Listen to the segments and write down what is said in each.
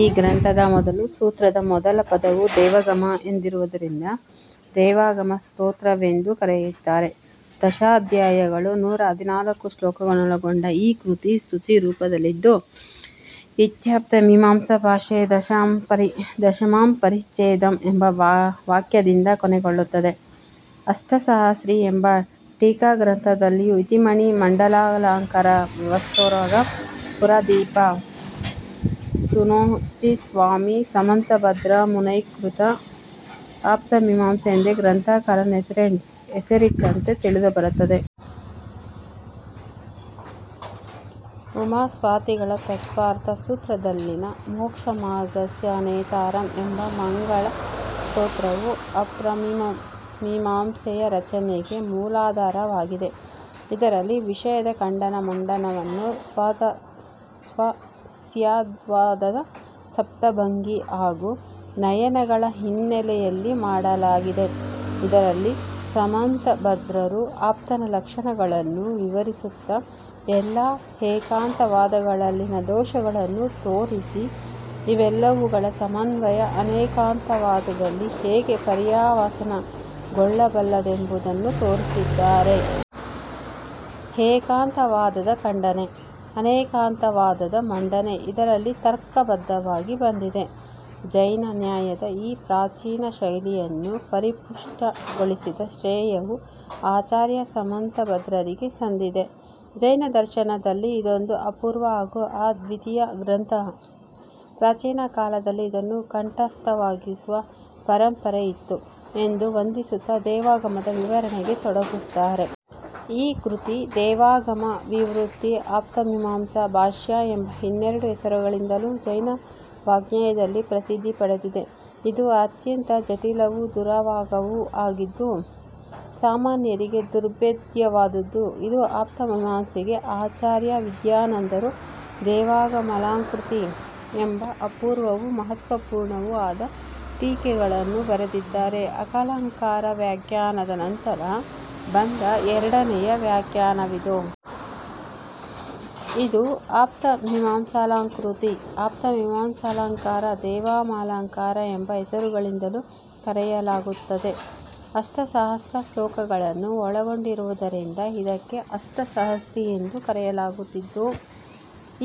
ಈ ಗ್ರಂಥದ ಮೊದಲ ಸೂತ್ರದ ಮೊದಲ ಪದವು 'ದೇವಾಗಮ ಎಂದಿರುವುದರಿಂದ 'ದೇವಾಗಮ ಸ್ತೋತ್ರ ವೆಂದು ಕರೆಯುತ್ತಾರೆ. ದಶಾಧ್ಯಾಯಗಳು ನೂರ ಹದಿನಾಲ್ಕು ಶ್ಲೋಕಗಳನ್ನೊಳಗೊಂಡ ಈ ಕೃತಿ ಸ್ತುತಿ ರೂಪದಲ್ಲಿದ್ದು ಇತ್ಯಾಪ್ತ ಮೀಮಾಂಸಾ ಭಾಷ್ಯೇ ದಶಮಃ ಪರಿಚ್ಛೇದಃ ಎಂಬ ವಾಕ್ಯದಿಂದ ಕೊನೆಗೊಳ್ಳುತ್ತದೆ. ಅಷ್ಟಸಹಸ್ರಿ ಎಂಬ ಟೀಕಾಗ್ರಂಥದಲ್ಲಿಯೂ ಇತಿ ಮಣಿ ಮಂಡಲಾಲಂಕಾರವಸ್ಸೋರಗ ಪುರಾದೀಪ ಸೂನೋಃ ಶ್ರೀ ಸ್ವಾಮಿ ಸಮಂತಭದ್ರ ಮುನೇಃ ಕೃತಾ ಅಪ್ತಮಿಮಾಂಸಾಯಾಮ್ ಎನ್ನುವಲ್ಲಿಯೂ ಈ ಕೃತಿಗೆ ಅಪ್ತಮಿಮಾಂಸಾ ಎಂದೇ ಗ್ರಂಥಕಾರನು ಹೆಸರಿಟ್ಟಂತೆ ತಿಳಿದುಬರುತ್ತದೆ. ಉಮಾಸ್ವಾತಿಗಳ ತತ್ತ್ವಾರ್ಥ ಸೂತ್ರದಲ್ಲಿನ ಮೋಕ್ಷ ಮಾರ್ಗಸ್ಯ ನೇತಾರಂ ಎಂಬ ಮಂಗಳ ಸ್ತ್ರೋತ್ರವು ಆಪ್ರಮೀಮಾಂಸೆಯ ರಚನೆಗೆ ಮೂಲಾಧಾರವಾಗಿದೆ. ಇದರಲ್ಲಿ ವಿಷಯದ ಖಂಡನ ಮಂಡನವನ್ನು ಸ್ಯಾದ್ವಾದದ ಸಪ್ತಭಂಗಿ ಹಾಗೂ ನಯಗಳ ಹಿನ್ನೆಲೆಯಲ್ಲಿ ಮಾಡಲಾಗಿದೆ. ಇದರಲ್ಲಿ ಸಮಂತಭದ್ರರು ಆಪ್ತನ ಲಕ್ಷಣಗಳನ್ನು ವಿವರಿಸುತ್ತಾ ಎಲ್ಲಾ ಏಕಾಂತವಾದಗಳಲ್ಲಿನ ದೋಷಗಳನ್ನು ತೋರಿಸಿ ಇವೆಲ್ಲವುಗಳ ಸಮನ್ವಯ ಅನೇಕಾಂತವಾದದಲ್ಲಿ ಹೇಗೆ ಪರ್ಯಾವಸಾನ ಗೊಳ್ಳಬಲ್ಲದೆಂಬುದನ್ನು ತೋರಿಸಿದ್ದಾರೆ. ಏಕಾಂತವಾದದ ಖಂಡನೆ, ಅನೇಕಾಂತವಾದದ ಮಂಡನೆ ಇದರಲ್ಲಿ ತರ್ಕಬದ್ಧವಾಗಿ ಬಂದಿದೆ. ಜೈನ ನ್ಯಾಯದ ಈ ಪ್ರಾಚೀನ ಶೈಲಿಯನ್ನು ಪರಿಪುಷ್ಠ ಗೊಳಿಸಿದ ಶ್ರೇಯವು ಆಚಾರ್ಯ ಸಮಂತಭದ್ರರಿಗೆ ಸಂದಿದೆ. ಜೈನದರ್ಶನದಲ್ಲಿ ಇದೊಂದು ಅಪೂರ್ವ ಹಾಗೂ ಅದ್ವಿತೀಯ ಗ್ರಂಥ. ಪ್ರಾಚೀನ ಕಾಲದಲ್ಲಿ ಇದನ್ನು ಕಂಠಸ್ಥವಾಗಿಸುವ ಪರಂಪರೆಯಿತ್ತು. ಎಂದು ವಂದಿಸುತ್ತಾ ದೇವಾಗಮದ ವಿವರಣೆಗೆ ತೊಡಗುತ್ತಾರೆ. ಈ ಕೃತಿ ದೇವಾಗಮ ವಿವೃತಿ ಆಪ್ತಮೀಮಾಂಸ ಭಾಷ್ಯ ಎಂಬ ಇನ್ನೆರಡು ಹೆಸರುಗಳಿಂದಲೂ ಜೈನ ವಾಙ್ಮಯದಲ್ಲಿ ಪ್ರಸಿದ್ಧಿ ಪಡೆದಿದೆ. ಇದು ಅತ್ಯಂತ ಜಟಿಲವೂ ದುರವಗಾಹವೂ ಆಗಿದ್ದು ಸಾಮಾನ್ಯರಿಗೆ ದುರ್ಭೇಧ್ಯವಾದುದು. ಇದೇ ಆಪ್ತಮಿಮಾಂಸೆಗೆ ಆಚಾರ್ಯ ವಿದ್ಯಾನಂದರು ದೇವಾಗಮಾಲಂಕೃತಿ ಎಂಬ ಅಪೂರ್ವವೂ ಮಹತ್ತ್ವಪೂರ್ಣವೂ ಆದ ಟೀಕೆಯನ್ನು ಬರೆದಿದ್ದಾರೆ. ಅಕಲಂಕರ ವ್ಯಾಖ್ಯಾನದ ನಂತರ ಬಂದ ಎರಡನೆಯ ವ್ಯಾಖ್ಯಾನವಿದು. ಇದು ಆಪ್ತಮಿಮಾಂಸಾಲಂಕೃತಿ ಆಪ್ತಮಿಮಾಂಸಾಲಂಕಾರ ದೇವಾಗಮಾಲಂಕಾರ ಎಂಬ ಹೆಸರುಗಳಿಂದಲೂ ಕರೆಯಲಾಗುತ್ತದೆ. ಅಷ್ಟಸಹಸ್ರ ಶ್ಲೋಕಗಳನ್ನು ಒಳಗೊಂಡಿರುವುದರಿಂದ ಇದಕ್ಕೆ ಅಷ್ಟಸಹಸ್ರಿ ಎಂದೂ ಕರೆಯಲಾಗುತ್ತಿದ್ದು,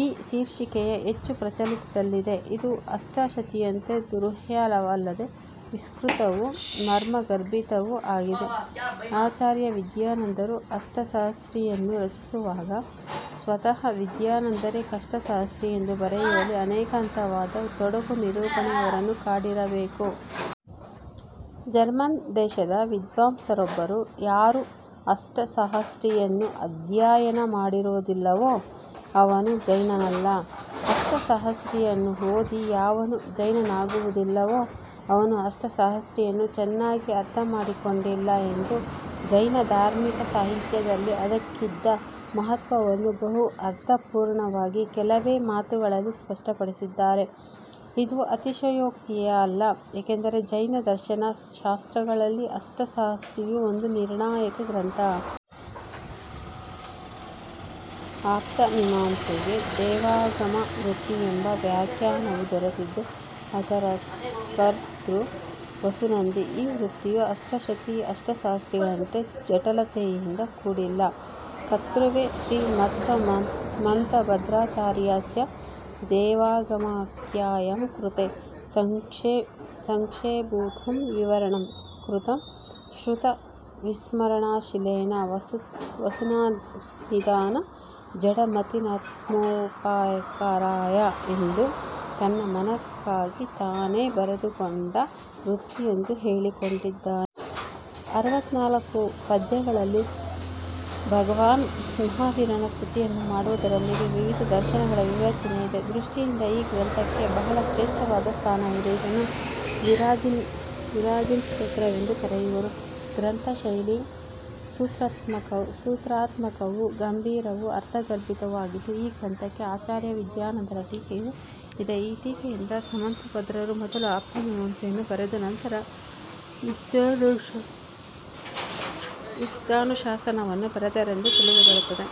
ಈ ಶೀರ್ಷಿಕೆಯೇ ಹೆಚ್ಚು ಪ್ರಚಲಿತದಲ್ಲಿದೆ. ಇದು ಅಷ್ಟಶತಿಯಂತೆ ದುರೂಹ್ಯವಲ್ಲದೆ ವಿಸ್ತೃತವೂ ಮರ್ಮ ಗರ್ಭಿತವೂ ಆಗಿದೆ. ಆಚಾರ್ಯ ವಿದ್ಯಾನಂದರು ಅಷ್ಟಸಹಸ್ರೀಯನ್ನು ರಚಿಸುವಾಗ ಸ್ವತಃ ವಿದ್ಯಾನಂದರೆ 'ಕಷ್ಟಸಹಸ್ರಿ ಎಂದು ಬರೆಯುವಲ್ಲಿ ಅನೇಕಾಂತವಾದದ ತೊಡಕು- ನಿರೂಪಣೆ ಅವರನ್ನು ಕಾಡಿರಬೇಕು. ಜರ್ಮನ್ ದೇಶದ ವಿದ್ವಾಂಸರೊಬ್ಬರು ಯಾರು ಅಷ್ಟಸಹಸ್ರಿಯನ್ನು ಅಧ್ಯಯನ ಮಾಡಿರುವುದಿಲ್ಲವೋ ಅವನು ಜೈನನಲ್ಲ. ಅಷ್ಟಸಹಸ್ರಿಯನ್ನು ಓದಿ ಯಾವನು ಜೈನನಾಗುವುದಿಲ್ಲವೋ ಅವನು ಅಷ್ಟಸಹಸ್ರಿಯನ್ನು ಚೆನ್ನಾಗಿ ಅರ್ಥಮಾಡಿಕೊಂಡಿಲ್ಲ ಎಂದು ಜೈನ ಧಾರ್ಮಿಕ ಸಾಹಿತ್ಯದಲ್ಲಿ ಅದಕ್ಕಿದ್ದ ಮಹತ್ವವನ್ನು ಬಹು ಅರ್ಥಪೂರ್ಣವಾಗಿ ಕೆಲವೇ ಮಾತುಗಳಲ್ಲಿ ಸ್ಪಷ್ಟಪಡಿಸಿದ್ದಾರೆ. ಇದು ಅತಿಶಯೋಕ್ತಿಯಲ್ಲ. ಏಕೆಂದರೆ ಜೈನ ದರ್ಶನಶಾಸ್ತ್ರಗಳಲ್ಲಿ ಅಷ್ಟಸಹಸ್ರಿಯು ಒಂದು ನಿರ್ಣಾಯಕ ಗ್ರಂಥ. ಆಪ್ತಮಿಮಾಂಸೆಗೆ ದೇವಾಗಮವೃತ್ತಿಯೆಂಬ ವ್ಯಾಖ್ಯಾನವೂ ದೊರೆತಿದ್ದು ಅದರ ಕರ್ತೃ ವಸುನಂದಿ. ಈ ವೃತ್ತಿಯು ಅಷ್ಟಶತಿ ಅಷ್ಟಸಹಸ್ರಿಗಳಂತೆ ಜಟಲತೆಯಿಂದ ಕೂಡಿಲ್ಲ. ಕರ್ತೃವೇ ಶ್ರೀ ಮತ್ಸಮನ್ತಭದ್ರಾಚಾರ್ಯಸ್ಯ ದೇವಾಗಮಾಖ್ಯಾಯಾಃ ಕೃತೇ ಸಂಕ್ಷೇಪಭೂತಂ ವಿವರಣಂ ಕೃತಂ ಶ್ರುತ ವಿಸ್ಮರಣ ಶೀಲೇನ ವಸುನನ್ದಿನಾ ಜಡಮತಿನಾತ್ಮೋಪಕಾರಾಯ ಎಂದು ತನ್ನ ಮನನಕ್ಕಾಗಿ ತಾನೇ ಬರೆದುಕೊಂಡ ವೃತ್ತಿಯೆಂದು ಹೇಳಿಕೊಂಡಿದ್ದಾನೆ. ಅರವತ್ನಾಲ್ಕು ಪದ್ಯಗಳಲ್ಲಿ ಭಗವಾನ ಮಹಾವೀರನ ಸ್ತುತಿಯನ್ನು ಮಾಡುವುದರೊಂದಿಗೆ ವಿವಿಧ ದರ್ಶನಗಳ ವಿವೇಚನೆಯಿದೆ. ದೃಷ್ಟಿಯಿಂದ ಈ ಗ್ರಂಥಕ್ಕೆ ಬಹಳ ಶ್ರೇಷ್ಠವಾದ ಸ್ಥಾನವಿದೆ. ಇದನ್ನು 'ವೀರಜಿನಸ್ತೋತ್ರವೆಂದೂ ಕರೆಯುವರು. ಗ್ರಂಥ ಶೈಲಿ ಸೂತ್ರಾತ್ಮಕವೂ, ಗಂಭೀರವೂ, ಅರ್ಥಗರ್ಭಿತವೂ ಆಗಿದ್ದು ಈ ಗ್ರಂಥಕ್ಕೆ ಅಚಾರ್ಯ ವಿದ್ಯಾನಂದರ ಟೀಕೆಯೂ ಇದೆ. ಈ ಟೀಕೆಯಿಂದ ಸಮಂತಭದ್ರರು ಮೊದಲು ಆಪ್ತಮಿಮಾಂಸೆಯನ್ನು ಬರೆದು, ನಂತರ ಯುಕ್ತ್ಯನುಶಾಸನವನ್ನು ಬರೆದರೆಂದು ತಿಳಿದು ಬರುತ್ತದೆ.